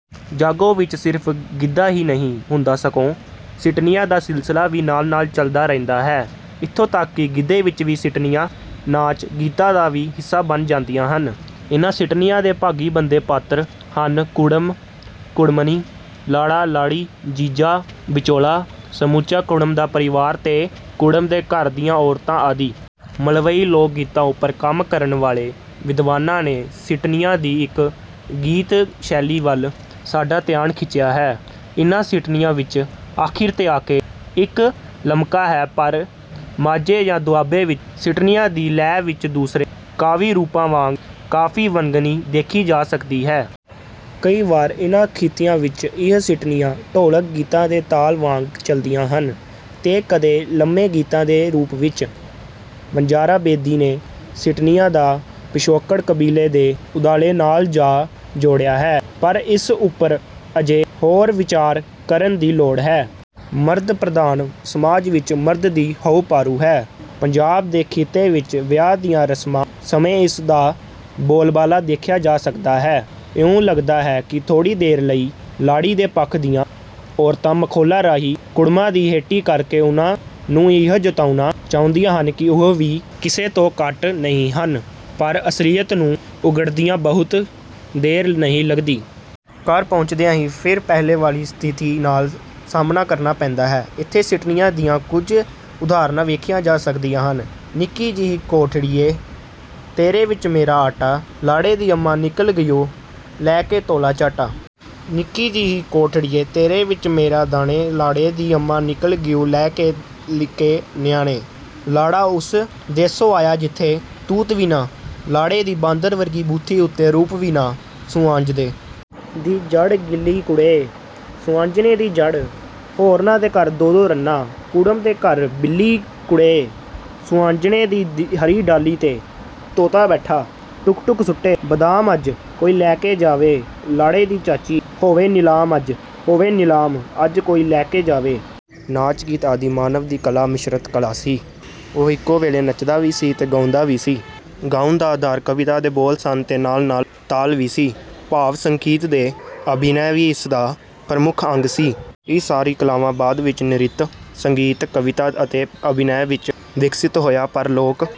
ਜਾਗੋ ਵਿਚ ਸਿਰਫ਼ ਗਿੱਧਾ ਹੀ ਨਹੀਂ ਹੁੰਦਾ ਸਗੋ ਸਿੱਟਣੀਆਂ ਦਾ ਸਿਲਸਲਾ ਵੀ ਨਾਲ ਨਾਲ ਚਲਦਾ ਰਹਿੰਦਾ ਹੈ। ਇਥੋ ਤੱਕ ਕਿ ਗਿੱਧੇ ਵਿਚ ਵੀ ਸਿੱਟਣੀਆਂ ਨਾਚ ਗੀਤਾਂ ਦਾ ਹਿੱਸਾ ਬਣ ਜਾਂਦੀਆਂ ਹਨ। ਇੰਨ੍ਹਾਂ ਸਿੱਟਣੀਆਂ ਦੇ ਭਾਗੀ ਬਣਦੇ ਪਾਤਰ ਹਨ-ਕੁੜਮ-ਕੁੜਮਣੀ, ਲਾੜਾ-ਲਾੜੀ, ਜੀਜਾ, ਵਿਚੋਲਾ, ਸਮੁੱਚਾ ਕੁੜਮ ਦਾ ਪਰਿਵਾਰ ਤੇ ਕੁੜਮ ਦੇ ਘਰ ਦੀਆਂ ਔਰਤਾਂ ਆਦਿ। ਮਲਵਈ ਲੋਕਗੀਤਾਂ ਉੱਪਰ ਕੰਮ ਕਰਨ ਵਾਲੇ ਵਿਦਵਾਨਾਂ ਨੇ ਸਿੱਟਣੀਆਂ ਦੀ ਇਕ ਗੀਤ ਸ਼ੈਲੀ ਵੱਲ ਸਾਡਾ ਧਿਆਨ ਖਿੱਚਿਆ ਹੈ। ਇੰਨਾਂ ਸਿੱਠਣੀਆਂ ਵਿਚ ਅਖੀਰ ਤੇ ਆਕੇ ਇਕ ਲਮਕਾ ਹੈ ਪਰ ਮਾਝੇ ਜਾਂ ਦੁਆਬੇ ਵਿਚ ਸਿੱਟਣੀਆਂ ਦੀ ਲੈਅ ਵਿਚ ਦੂਸਰੇ ਕਾਵਿ ਰੂਪਾਂ ਵਾਂਗ ਕਾਫ਼ੀ ਵੰਨਗੀ ਦੇਖੀ ਜਾ ਸਕਦੀ ਹੈ। ਕਈ ਵਾਰ ਇਨ੍ਹਾਂ ਖਿੱਤਿਆਂ ਵਿਚ ਇਹ ਸਿੱਠਣੀਆਂ ਢੋਲਕ ਗੀਤਾਂ ਦੀ ਤਾਲ ਵਾਂਗ ਚਲਦੀਆਂ ਹਨ ਤੇ ਕਦੇ ਲੰਮੇ ਗੀਤਾਂ ਦੇ ਰੂਪ ਵਿਚ। ਵਣਜਾਰਾ ਬੇਦੀ ਨੇ ਸਿੱਠਣੀਆਂ ਦਾ ਪਿਛੋਕੜ ਕਬੀਲੇ ਦੇ ਉਧਾਲੇ ਨਾਲ ਜਾ ਜੋੜਿਆ ਹੈ ਪਰ ਇਸ ਉੱਪਰ ਅਜੇ ਹੋਰ ਵਿਚਾਰ ਕਰਨ ਦੀ ਲੋੜ ਹੈ। ਮਰਦ ਪ੍ਰਧਾਨ ਸਮਾਜ ਵਿਚ ਮਰਦ ਦੀ ਹਉਂ ਭਾਰੂ ਹੈ। ਪੰਜਾਬ ਦੇ ਖਿੱਤੇ ਵਿਚ ਵਿਆਹ ਦੀਆਂ ਰਸਮਾਂ ਸਮੇਂ ਇਸ ਦਾ ਬੋਲਬਾਲਾ ਦੇਖਿਆ ਜਾ ਸਕਦਾ ਹੈ। ਇਉਂ ਲਗਦਾ ਹੈ ਕਿ ਥੋੜ੍ਹੀ ਦੇਰ ਲਈ ਲਾੜੀ ਦੇ ਪੱਖ ਦੀਆਂ ਔਰਤਾਂ ਮਖੌਲਾਂ ਰਾਹੀ ਕੁੜਮਾਂ ਦੀ ਹੇਠੀ ਕਰਕੇ ਉਨ੍ਹਾਂ ਨੂੰ ਇਹ ਜਤਾਉਣਾ ਚਾਹੁੰਦੀਆਂ ਹਨ ਕਿ ਉਹ ਵੀ ਕਿਸੇ ਤੋਂ ਘੱਟ ਨਹੀਂ ਹਨ ਪਰ ਅਸਲੀਅਤ ਨੂੰ ਉਘੜਦਿਆਂ ਬਹੁਤੀ ਦੇਰ ਨਹੀਂ ਲੱਗਦੀ। ਘਰ ਪਹੁੰਚਦਿਆਂ ਹੀ ਫੇਰ ਪਹਿਲਾਂ ਵਾਲ਼ੀ ਸਥਿਤੀ ਨਾਲ਼ ਸਾਹਮਣਾ ਕਰਨਾ ਪੈਂਦਾ ਹੈ। ਇਥੇ ਸਿੱਠਣੀਆਂ ਦੀਆਂ ਕੁਝ ਉਦਾਹਰਣਾਂ ਵੇਖੀਆਂ ਜਾ ਸਕਦੀਆਂ ਹਨ। -ਨਿੱਕੀ ਜਿਹੀ ਕੋਠੜੀਏ ਤੇਰੇ ਵਿਚ ਮੇਰਾ ਆਟਾ… ਲਾੜੇ ਦੀ ਅੰਮਾਂ ਨਿਕਲ਼ ਗਈਉ ਲੈ ਕੇ ਧੋਲ਼ਾ ਝਾਟਾ। ਨਿੱਕੀ ਜਿਹੀ ਕੋਠੜੀਏ ਤੇਰੇ ਵਿਚ ਮੇਰੇ ਦਾਣੇ… ਲਾੜੇ ਦੀ ਅੰਮਾਂ ਨਿਕਲ਼ ਗਈਉ ਲੈ ਕੇ ਨਿੱਕੇ ਨਿਆਣੇ। -ਲਾੜਾ ਓਸ ਦੇਸੋਂ ਆਇਆ ਜਿੱਥੇ ਤੂਤ ਵੀ ਨਾ, ਲਾੜੇ ਦੀ ਬਾਂਦਰ ਵਰਗੀ ਬੂਥੀ ਉਤੇ ਰੂਪ ਵੀ ਨਾ। -ਸੁਆਂਝਣੇ ਦੀ ਜੜ੍ਹ ਗਿੱਲੀ ਕੁੜੇ, ਸਆਂਝਣੇ ਦੀ ਜੜ੍ਹ… ਹੋਰਨਾਂ ਦੇ ਘਰ ਦੋ ਦੋ ਰੰਨਾਂ, ਕੁੜਮੇ ਦੇ ਘਰ ਬਿੱਲੀ ਕੁੜੇ, ਸੁਆਂਝਣੇ ਦੀ-ਹਰੀ ਡਾਲ੍ਹੀ ਤੇ ਤੋਤਾ ਬੈਠਾ, ਟੁੱਕ ਟੁੱਕ ਸੁੱਟੇ ਬਾਦਾਮਅੱਜ ਕੋਈ ਲੈ ਕੇ ਜਾਵੇ ਲਾੜੇ ਦੀ ਚਾਚੀ ਹੋਵੇ ਨਿਲਾਮ ਅੱਜ ਹੋਵੇ ਨਿਲਾਮ ਅੱਜ ਕੋਈ ਲੈ ਕੇ ਜਾਵੇ। ਨਾਚ ਗੀਤ ਆਦਿ ਮਾਨਵ ਦੀ ਕਲਾ ਮਿਸ਼ਰਤ ਕਲਾ ਸੀ। ਉਹ ਇਕੋ ਵੇਲੇ ਨੱਚਦਾ ਵੀ ਸੀ ਤੇ ਗਾਉਂਦਾ ਵੀ ਸੀ। ਗਾਉਣ ਦਾ ਆਧਾਰ ਕਵਿਤਾ ਦੇ ਬੋਲ ਸਨ ਤੇ ਨਾਲ ਨਾਲ ਤਾਲ ਵੀ ਸੀ; ਭਾਵ ਸੰਗੀਤ ਤੇ ਅਭਿਨੈ ਵੀ ਇਸਦਾ ਪ੍ਰਮੁੱਖ ਅੰਗ ਸੀ। ਇਹ ਸਾਰੀਆਂ ਕਲਾਵਾਂ ਬਾਦ ਵਿਚ ਨ੍ਰਿਤ, ਸੰਗੀਤ, ਕਵਿਤਾ ਅਤੇ ਅਭਿਨੈ ਵਿਚ ਵਿਕਸਤ ਹੋਈਆਂ ਪਰ ਲੋਕ